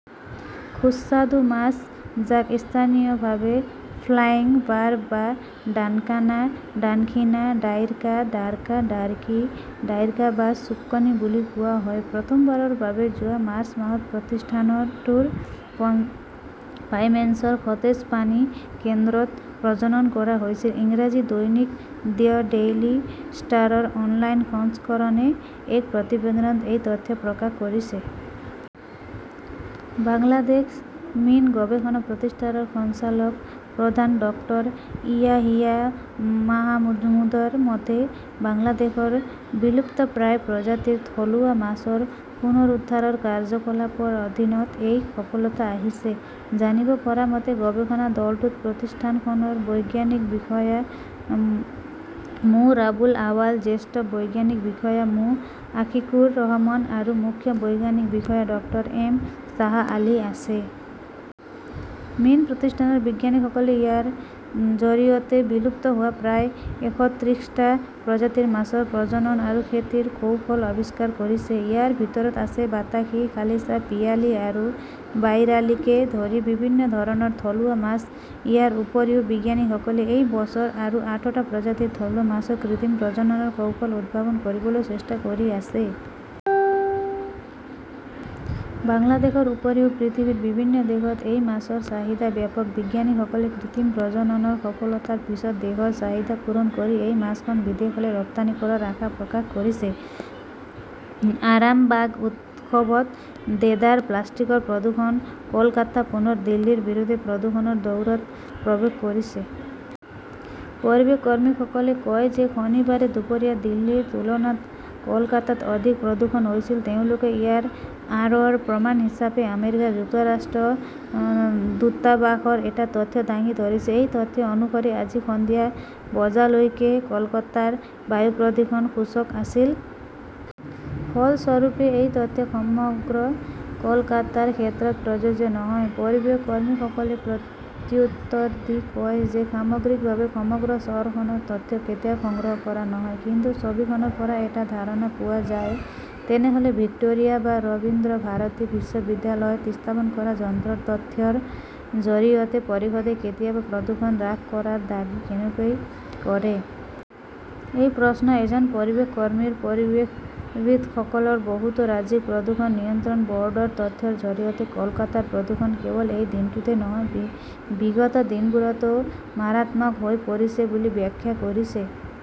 সুস্বাদু মাছ, যাক স্থানীয়ভাৱে ফ্লাইং বাৰ্ব বা ডানকানা, ডানখিনা, ডাইৰ্কা, দাৰ্কা, দাৰ্কি, ডাইৰ্কা বা চুক্কনী বুলি কোৱা হয়, প্ৰথমবাৰৰ বাবে যোৱা মাৰ্চ মাহত প্ৰতিষ্ঠানটোৰ মাইমেঞ্চৰ সতেজ পানী কেন্দ্ৰত প্ৰজনন কৰা হৈছিল। ইংৰাজী দৈনিক দ্য ডেইলী ষ্টাৰৰ অনলাইন সংস্কৰণে এক প্ৰতিবেদনত এই তথ্য প্ৰকাশ কৰিছে। বাংলাদেশ মীন গৱেষণা প্ৰতিষ্ঠানৰ সঞ্চালক প্ৰধান ডক্টৰ ইয়াহিয়া মাহমুদৰ মতে, বাংলাদেশৰ বিলুপ্তপ্ৰায় প্ৰজাতিৰ থলুৱা মাছৰ পুনৰুদ্ধাৰৰ কাৰ্যকলাপৰ অধীনত এই সফলতা আহিছে। জানিব পৰা মতে, গৱেষণা দলটোত প্ৰতিষ্ঠানখনৰ বৈজ্ঞানিক বিষয়া মো ৰাবুল আৱাল, জ্যেষ্ঠ বৈজ্ঞানিক বিষয়া মো আশিকুৰ ৰহমান আৰু মুখ্য বৈজ্ঞানিক বিষয়া ডক্টৰ এম শ্বাহ আলী আছে। মীন প্ৰতিষ্ঠানৰ বিজ্ঞানীসকলে ইয়াৰ জৰিয়তে বিলুপ্ত হোৱা প্ৰায় একত্ৰিশটা প্ৰজাতিৰ মাছৰ প্ৰজনন আৰু খেতিৰ কৌশল আৱিষ্কাৰ কৰিছে। ইয়াৰ ভিতৰত আছে বাতাসী, খালিছা, পিয়ালী আৰু বাইৰালীকে ধৰি বিভিন্ন ধৰণৰ থলুৱা মাছ। ইয়াৰ উপৰিও, বিজ্ঞানীসকলে এই বছৰ আৰু আঠটা প্ৰজাতিৰ থলুৱা মাছৰ কৃত্ৰিম প্ৰজননৰ কৌশল উদ্ভাৱন কৰিবলৈ চেষ্টা কৰি আছে। বাংলাদেশৰ উপৰিও পৃথিৱীৰ বিভিন্ন দেশত এই মাছৰ চাহিদা ব্যাপক। বিজ্ঞানীসকলে কৃত্ৰিম প্ৰজননৰ সফলতাৰ পিছত দেশৰ চাহিদা পূৰণ কৰি এই মাছখন বিদেশলৈ ৰপ্তানি কৰাৰ আশা প্ৰকাশ কৰিছে। আৰামবাগ উৎসৱত দেদাৰ প্লাষ্টিকৰ প্ৰদূষণ। কলকাতা পুনৰ দিল্লীৰ বিৰুদ্ধে প্ৰদূষণৰ দৌৰত প্ৰৱেশ কৰিছে। পৰিৱেশ কৰ্মীসকলে কয় যে শনিবাৰে দুপৰীয়া দিল্লীৰ তুলনাত কলকাতাত অধিক প্ৰদূষণ হৈছিল। তেওঁলোকে ইয়াৰ আঁৰৰ প্ৰমাণ হিচাপে আমেৰিকা যুক্তৰাষ্ট্ৰৰ দূতাবাসৰ এটা তথ্য দাঙি ধৰিছে। সেই তথ্য অনুসৰি, আজি সন্ধিয়া বজালৈকে কলকাতাৰ বায়ু প্ৰদূষণ সূচক আছিল। ফলস্বৰূপে, সেই তথ্য সমগ্ৰ কলকাতাৰ ক্ষেত্ৰত প্ৰযোজ্য নহয়। পৰিৱেশ কৰ্মীসকলে প্ৰত্যুত্তৰ দি কয় যে সামগ্ৰিকভাৱে সমগ্ৰ চহৰখনৰ তথ্য কেতিয়াও সংগ্ৰহ কৰা নহয়। কিন্তু ছবিখনৰ পৰা এটা ধাৰণা পোৱা যায়। তেনেহ'লে ভিক্টোৰিয়া বা ৰবীন্দ্ৰভাৰতী বিশ্ববিদ্যালয়ত স্থাপন কৰা যন্ত্ৰৰ তথ্যৰ জৰিয়তে পৰিষদে কেতিয়াবা প্ৰদূষণ হ্ৰাস কৰাৰ দাবী কেনেকৈ কৰে? এই প্ৰশ্ন এজন পৰিৱেশ কৰ্মীৰ। পৰিৱেশবিদসকলৰ বহুতে ৰাজ্যিক প্ৰদূষণ নিয়ন্ত্ৰণ ব'ৰ্ডৰ তথ্যৰ জৰিয়তে কলকাতাৰ প্ৰদূষণ কেৱল এই দিনটোতে নহয়, বিগত দিনবোৰতো মাৰাত্মক হৈ পৰিছে বুলি ব্যাখ্যা কৰিছে।